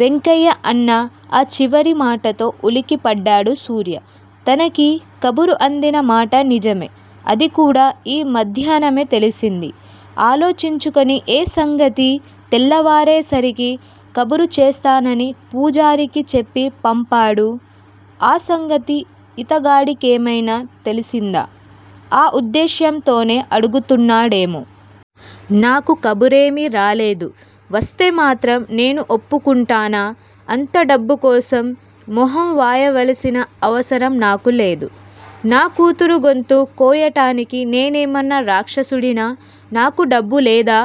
వెంకయ్య అన్న ఆ చివరి మాటతో ఉలికి పడ్డాడు సూర్య. తనకీ కబురు అందిన మాట నిజమే! అది కూడా ఈ మధ్యాహ్నమే తెలిసింది. ఆలోచించుకుని ఏ సంగతీ తెల్లవారేసరికి కబురు చేస్తానని పూజారికి చెప్పి పంపాడు. ఆ సంగతి ఇతగాడికేమయినా తెలిసిందా? ఆ ఉద్దేశ్యంతోనే అడుగుతున్నాడేమో? నాకు కబురేమి రాలేదు! వస్తే మాత్రం నేను ఒప్పుకుంటానా? అంత డబ్బు కోసం మొహం వాయవలసిన అవసరం నాకు లేదు. నా కూతురు గొంతు కోయటానికి నేనేమన్నా రాక్షసుడినా? నాకు డబ్బు లేదా?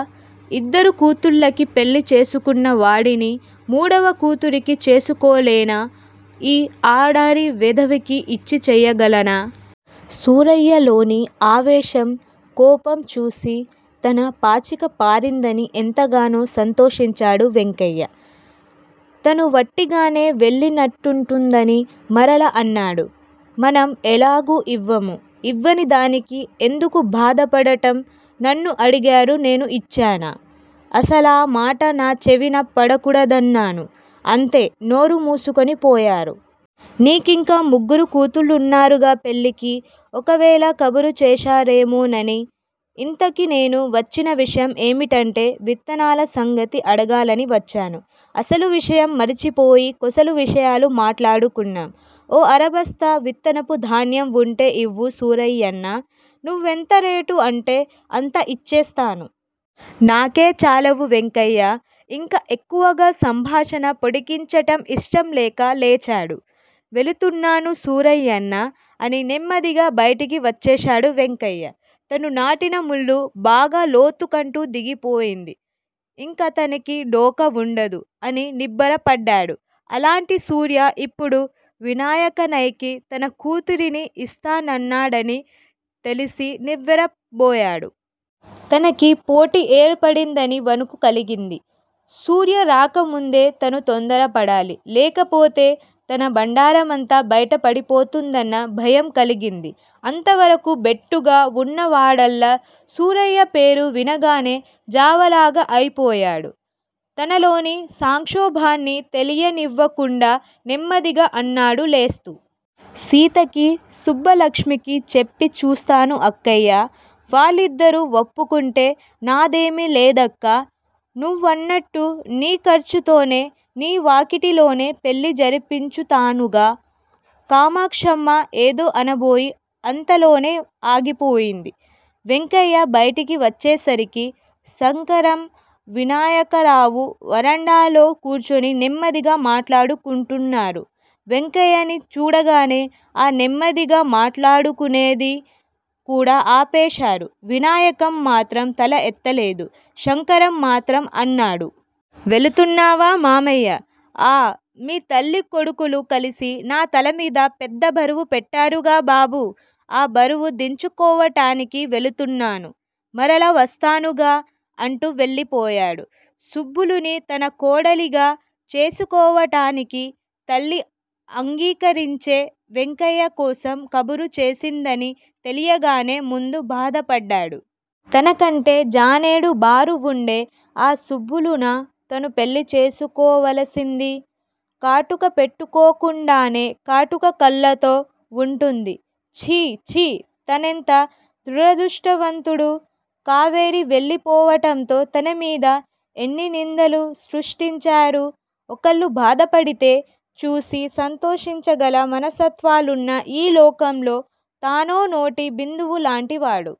ఇద్దరు కూతుళ్ళకి పెళ్ళి చేసుకున్న వాడిని మూడవ కూతురికి చేసుకోలేనా? ఈ ఆడారి వెధవకి యిచ్చి చేయగలనా? సూరయ్యలోని ఆవేశం, కోపం చూసి తన పాచిక పారిందని ఎంతగానో సంతోషించాడు వెంకయ్య. తనువట్టిగానే వెళ్ళినట్టుంటుందని మరలా అన్నాడు. మనం ఎలాగూ ఇవ్వము. యివ్వని దానికి ఎందుకు బాధ పడటం? నన్నూ అడిగారు నేను యిచ్చానా? అసలా మాట నా చెవిన పడకూడదన్నాను. అంతే! నోరుమూసుకునిపోయారు. నీకింకా ముగ్గురు కూతుళ్ళున్నారుగా పెళ్ళికి ఒకవేళ కబురు చేశారేమోనని! యింతకీ నేను వచ్చినవిషయం ఏమిటంటే విత్తనాల సంగతి అడగాలని వచ్చాను. అసలు విషయం మరిచిపోయి కొసలు విషయాలు మాట్లాడుకున్నాం. ఓ అరబస్తా విత్తనపు ధాన్యం వుంటే ఇవ్వు సూరయ్యన్నా! నువ్వెంత రేటు అంటే అంతా యిచ్చేస్తాను! నాకే చాలవు వెంకయ్యా! ఇంకా ఎక్కువగా సంభాషణ పొడిగించటం యిష్టం లేక లేచాడు. వెళుతున్నాను సూరయ్యన్నా! అని నెమ్మదిగా బైటికి వచ్చేశాడు వెంకయ్య. తను నాటిన ముళ్ళు బాగా లోతుకంటూ దిగిపోయింది. యింకతనకి డోకా వుండదు. అని నిబ్బరపడ్డాడు. అలాంటి సూర్య యిప్పుడు వినాయకనైకి తన కూతురిని ఇస్తానన్నాడని తెలిసి నివ్వెరబోయాడు. తనకి పోటీ ఏర్పడిందని వణుకు కలిగింది. సూర్య రాకముందే తను తొందర పడాలి! లేకపోతే తన బండారమంతా బైట పడిపోతుందన్న భయం కలిగింది అంత వరకూ బెట్టుగా వున్నవాడల్లా సూరయ్య పేరు వినగానే జావలాగా అయిపోయాడు. తనలోని సంక్షోభాన్ని తెలియ నివ్వకుండా నెమ్మదిగా అన్నాడు లేస్తూ. సీతకి సుబ్బలక్ష్మీకి చెప్పి చూస్తాను అక్కయ్యా! వాళ్ళిద్దరూ వప్పుకుంటే నాదేమీ లేదక్కా! నువ్వన్నట్టు నీ ఖర్చుతోనే నీ వాకిటిలోనే పెళ్ళి జరిపించుతానుగా. కామాక్షమ్మ ఏదో అనబోయి అంతలోనే ఆగిపోయింది. వెంకయ్య బైటికి వచ్చేసరికి సంకరం వినాయకరావు వరండాలో కూర్చుని నెమ్మదిగా మాట్లాడుకుంటున్నారు వెంకయ్యని చూడగానే ఆ నెమ్మదిగా మాట్లాడుకునేది కూడా ఆపేశారు వినాయకం మాత్రం తల ఎత్తలేదు శంకరం మాత్రం అన్నాడు. వెళుతున్నావా మామయ్యా? ఆఁ మీ తల్లీ కొడుకులూ కలిసి నా తలమీద పెద్ద బరువు పెట్టారుగా బాబూ! ఆ బరువు దించుకోవటానికి వెళుతున్నాను. మరలా వస్తానుగా! అంటూ వెళ్ళిపోయాడు. సుబ్బులుని తన కోడలిగా చేసుకోవటానికి తల్లి అంగీకరించే వెంకయ్య కోసం కబురు చేసిందని తెలియగానే ముందు బాధపడ్డాడు. తన కంటే జానెడు బారు వుండే ఆ సుబ్బులునా తను పెళ్ళి చేసుకోవలసింది? కాటుక పెట్టుకోకుండానే కాటుక కళ్ళతో వుంటుంది ఛీ! ఛీ! తానెంత దురదృష్టవంతుడు? కావేరీ వెళ్ళిపోవటంతో తన మీద ఎన్ని నిందలు సృష్టించారు? ఒకళ్ళు బాధపడితే చూసి సంతోషించగల మనస్తత్వాలున్న ఈ లోకంలో తానో నీటి బిందువులాంటి వాడు!